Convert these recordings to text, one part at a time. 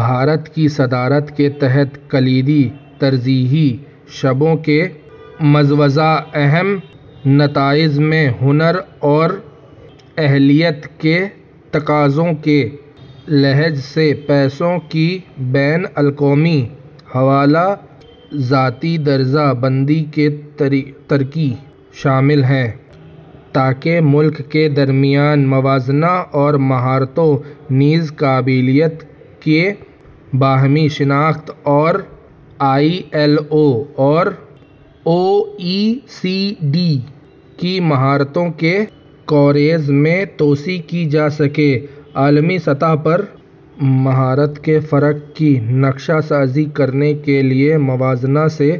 بھارت کی صدارت کے تحت کلیدی ترجیحی شعبوں کے مجوزہ اہم نتائج میں ہنر اور اہلیت کے تقاضوں کے لحاظ سے پیشوں کی بین الاقوامی حوالہ جاتی درجہ بندی کی ترقی شامل ہے تاکہ ملک کے درمیان موازنہ اور مہارتوں نیز قابلیت کی باہمی شناخت اور آئی ایل او اور او ای سی ڈی کی مہارتوں کے کوریج میں توسیع کی جا سکے عالمی سطح پر مہارت کے فرق کی نقشہ سازی کرنے کے لیے موازنے سے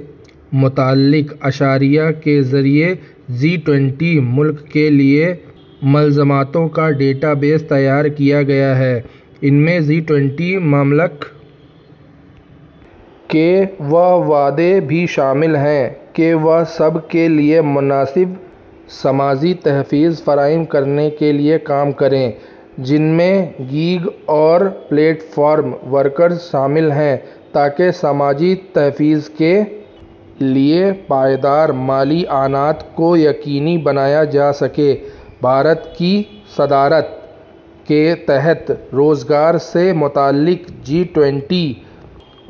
متعلق اشاریہ کے ذریعے جی ٹوئنٹی ممالک کے لیے ملازمتوں کا ڈیٹا بیس تیار کیا گیا ہے ان میں جی ٹوئنٹی ممالک کے وہ وعدے بھی شامل ہیں کہ وہ سب کے لیے مناسب سماجی تحفظ فراہم کرنے کے لیے کام کریں جن میں گیگ اور پلیٹ فارم ورکرز شامل ہیں تاکہ سماجی تحفظ کے لیے پائیدار مالی اعانت کو یقینی بنایا جا سکے بھارت کی صدارت کے تحت روزگار سے متعلق جی ٹوئنٹی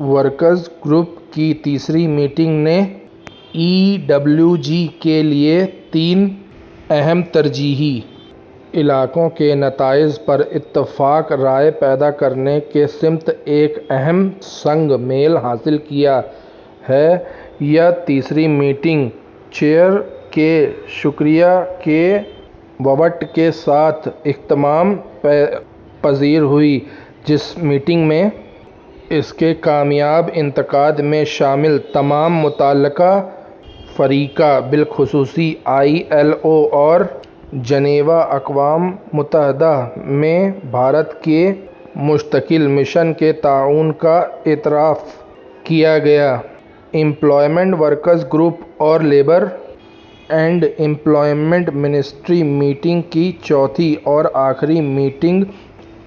ورکنگ گروپ کی تیسری میٹنگ نے ای ڈبلیو جی کے لیے تین اہم ترجیحی علاقوں کے نتائج پر اتفاق رائے پیدا کرنے کی سمت ایک اہم سنگ میل حاصل کیا ہے یہ تیسری میٹنگ چیئر کے شکریہ کے ووٹ کے ساتھ اختتام پذیر ہوئی جس میٹنگ میں اس کے کامیاب انعقاد میں شامل تمام متعلقہ فریقوں بالخصوص آئی ایل او اور جنیوا اقوام متحدہ میں بھارت کے مستقل مشن کے تعاون کا اعتراف کیا گیا ایمپلائمنٹ ورکنگ گروپ اور labour and employment ministers meeting کی چوتھی اور آخری میٹنگ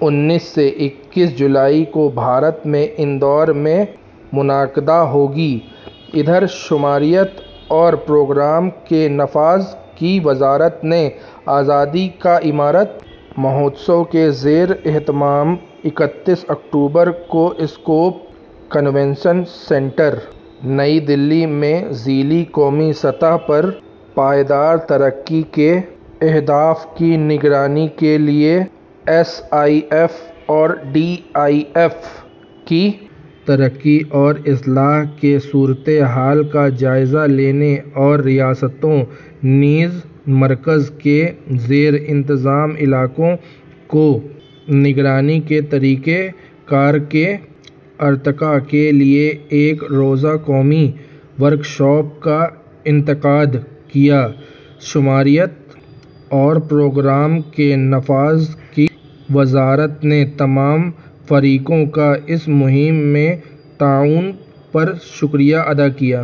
انیس سے اکیس جولائی کو بھارت میں اندور میں منعقد ہو گی ادھر شماریات اور پروگرام کے نفاذ کی وزارت نے آزادی کا امرت مہوتسو کے زیر اہتمام اکتیس اکتوبر کو اسکوپ کنونشن سینٹر نئی دہلی میں ذیلی قومی سطح پر پائیدار ترقی کے اہداف کی نگرانی کے لیے ایس آئی ایف اور ڈی آئی ایف کی ترقی اور اصلاح کی صورتحال کا جائزہ لینے اور ریاستوں نیز مرکز کے زیر انتظام علاقوں کو نگرانی کے طریقہ کار کے ارتقا کے لیے ایک روزہ قومی ورکشاپ کا انعقاد کیا شماریات اور پروگرام کے نفاذ کی وزارت نے تمام فریقوں کا اس مہم میں تعاون پر شکریہ ادا کیا